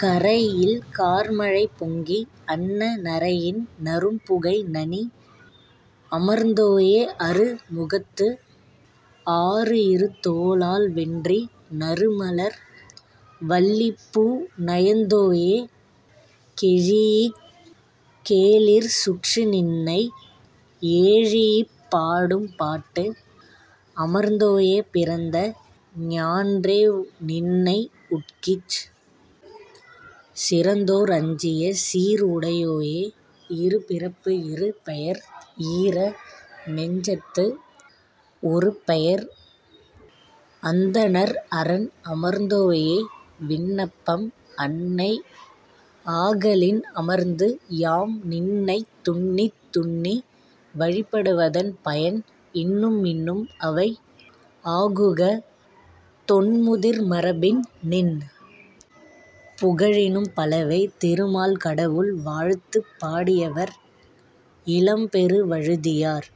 கறை இல் கார் மழை பொங்கி அன்ன நறையின் நறும் புகை நனி அமர்ந்தோயே அறு முகத்து ஆறுஇரு தோளால் வென்றி நறு மலர் வள்ளிப் பூ நயந்தோயே கெழீஇக் கேளிர் சுற்ற நின்னை எழீஇப் பாடும் பாட்டு அமர்ந்தோயே பிறந்த ஞான்றே நின்னை உட்கிச் சிறந்தோர் அஞ்சிய சீர் உடையோயே இரு பிறப்பு இரு பெயர் ஈர நெஞ்சத்து ஒரு பெயர் அந்தணர் அறன் அமர்ந்தோயே விண்ணப்பம் அன்னை ஆகலின் அமர்ந்து யாம் நின்னை துன்னித் துன்னி வழிபடுவதன் பயம் இன்னும் இன்னும் அவை ஆகுக தொன் முதிர் மரபின் நின் புகழினும் பலவே திருமால் கடவுள் வாழ்த்து பாடியவர் இளம்பெருவழுதியார்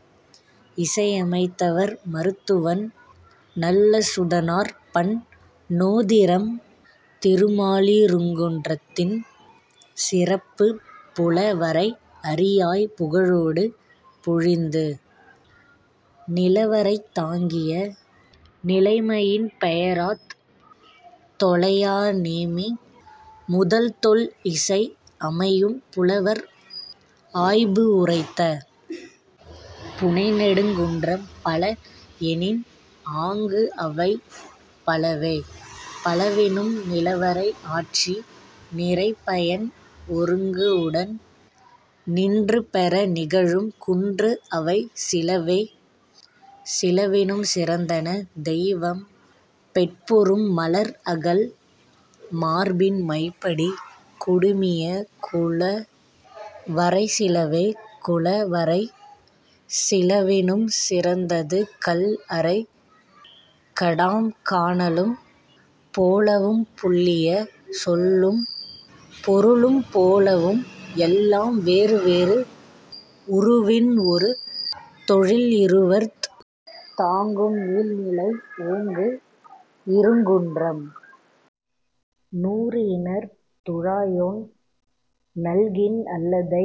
இசையமைத்தவர் மருத்துவன் நல்லச்சுதனார் பண் நோதிறம் திருமாலிருங்குன்றத்தின் சிறப்பு புல வரை அறியாப் புகழொடு பொலிந்து, நில வரைத் தாங்கிய நிலைமையின் பெயராத் தொலையா நேமி முதல் தொல் இசை அமையும் புலவர் ஆய்பு உரைத்த புனை நெடுங் குன்றம் பல எனின், ஆங்கு அவை பலவே: பலவினும், நிலவரை ஆற்றி, நிறை பயன் ஒருங்கு உடன் நின்று பெற நிகழும் குன்று அவை சிலவே: சிலவினும் சிறந்தன, தெய்வம் பெட்புறும் மலர் அகல் மார்பின் மை படி குடுமிய குல வரை சிலவே குல வரை சிலவினும் சிறந்தது கல் அறை கடாம் கானலும் போலவும் புல்லிய சொல்லும் பொருளும் போலவும் எல்லாம் வேறு வேறு உருவின் ஒரு தொழில் இருவர்த் தாங்கும் நீள் நிலை ஓங்கு இருங்குன்றம். நாறு இணர்த் துழாயோன் நல்கின் அல்லதை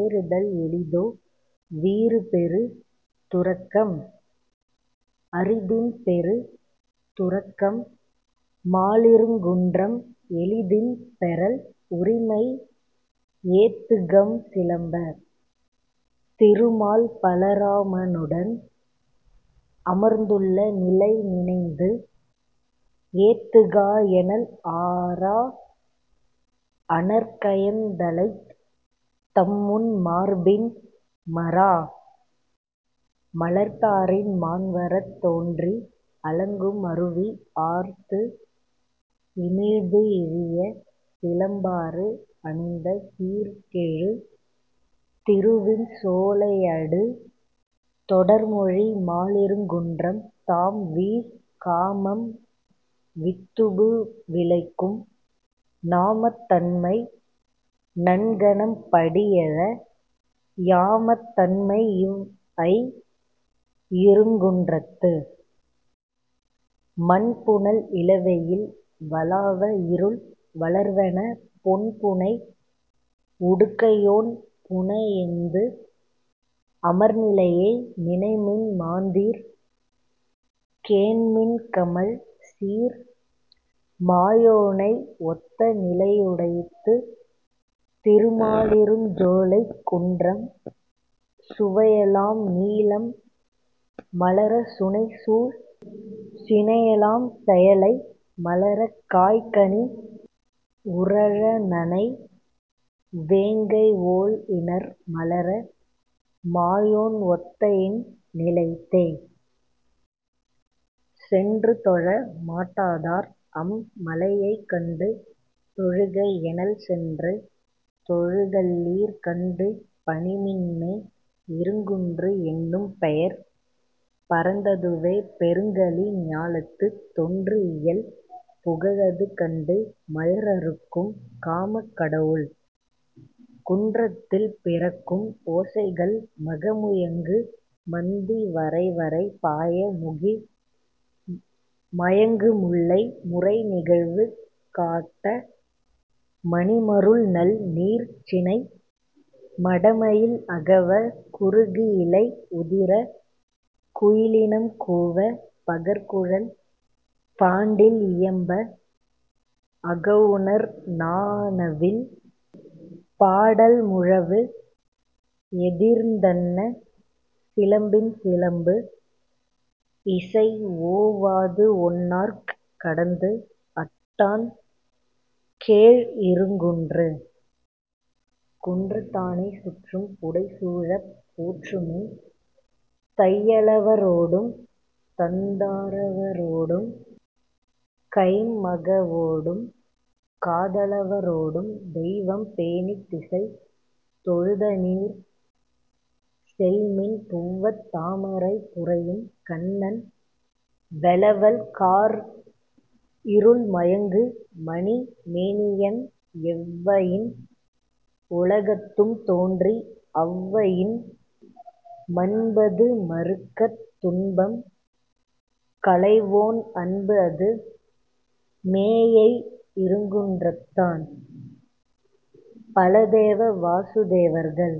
ஏறுதல் எளிதோ வீறு பெறு துறக்கம்? அரிதின் பெறு துறக்கம் மாலிருங்குன்றம் எளிதின் பெறல் உரிமை ஏத்துகம், சிலம்ப. திருமால் பலராமனுடன் அமர்ந்துள்ள நிலை நினைந்து ஏத்துகா எனல் அரா அணர் கயந் தலைத் தம்முன் மார்பின் மரா மலர்த்தாரின் மாண் வரத் தோன்றி அலங்கும் அருவி ஆர்த்து இமிழ்பு இழிய சிலம்பாறு அணிந்த சீர் கெழு திருவின் சோலையடு தொடர் மொழி மாலிருங்குன்றம் தாம் வீழ் காமம் வித்துபு விளைக்கும் நாமத் தன்மை நன்கனம் படி எழ யாமத் தன்மை இவ் ஐ இருங்குன்றத்து மன் புனல் இள வெயில் வளாவ இருள் வளர்வென பொன் புனை உடுக்கையோன் புணஎந்து அமர் நிலையே நினைமின் மாந்தீர் கேண்மின் கமழ் சீர் மாயோனை ஒத்த நிலையுடைத்து திருமாலிருஞ்சோலைக் குன்றம் சுனையெலாம் நீலம் மலர சுனை சூழ் சினையெலாம் செயலை மலர காய் கனி உறழ நனை வேங்கை ஒள் இணர் மலர மாயோன் ஒத்த இன் நிலைத்தே. சென்று தொழ மாட்டாதார் அம் மலையைக் கண்டு தொழுக எனல் சென்று தொழுகல்லீர் கண்டு பணிமின்மே இருங்குன்று என்னும் பெயர் பரந்ததுவே பெருங் கலி ஞாலத்துத் தொன்று இயல் புகழது கண்டு மயர் அறுக்கும் காமக் கடவுள். குன்றத்தில் பிறக்கும் ஓசைகள் மக முயங்கு மந்தி வரைவரை பாய முகிழ் மயங்கு முல்லை முறை நிகழ்வு காட்ட, மணி மருள் நல் நீர்ச் சினை மடமயில் அகவ குருகு இலை உதிர குயிலினம் கூவ பகர் குழல் பாண்டில் இயம்ப அகவுநர் நா நவில் பாடல் முழவு எதிர்ந்தன்ன சிலம்பின் சிலம்பு இசை ஓவாதுஒன்னார்க் கடந்து அட்டான் கேழ் இருங்குன்று. குன்றத்தானைச் சுற்றம் புடை சூழப் போற்றுமின் தையலவரொடும், தந்தாரவரொடும் கைம் மகவோடும், காதலவரொடும் தெய்வம் பேணித் திசை தொழுதனிர் செல்மின் புவ்வத் தாமரை புரையும் கண்ணன் வௌவல் கார் இருள் மயங்கு மணி மேனியன் எவ்வயின் உலகத்தும் தோன்றி அவ் வயின் மன்பது மறுக்கத் துன்பம் களைவோன் அன்புஅது மேஎய் இருங்குன்றத்தான். பலதேவ வாசுதேவர்கள்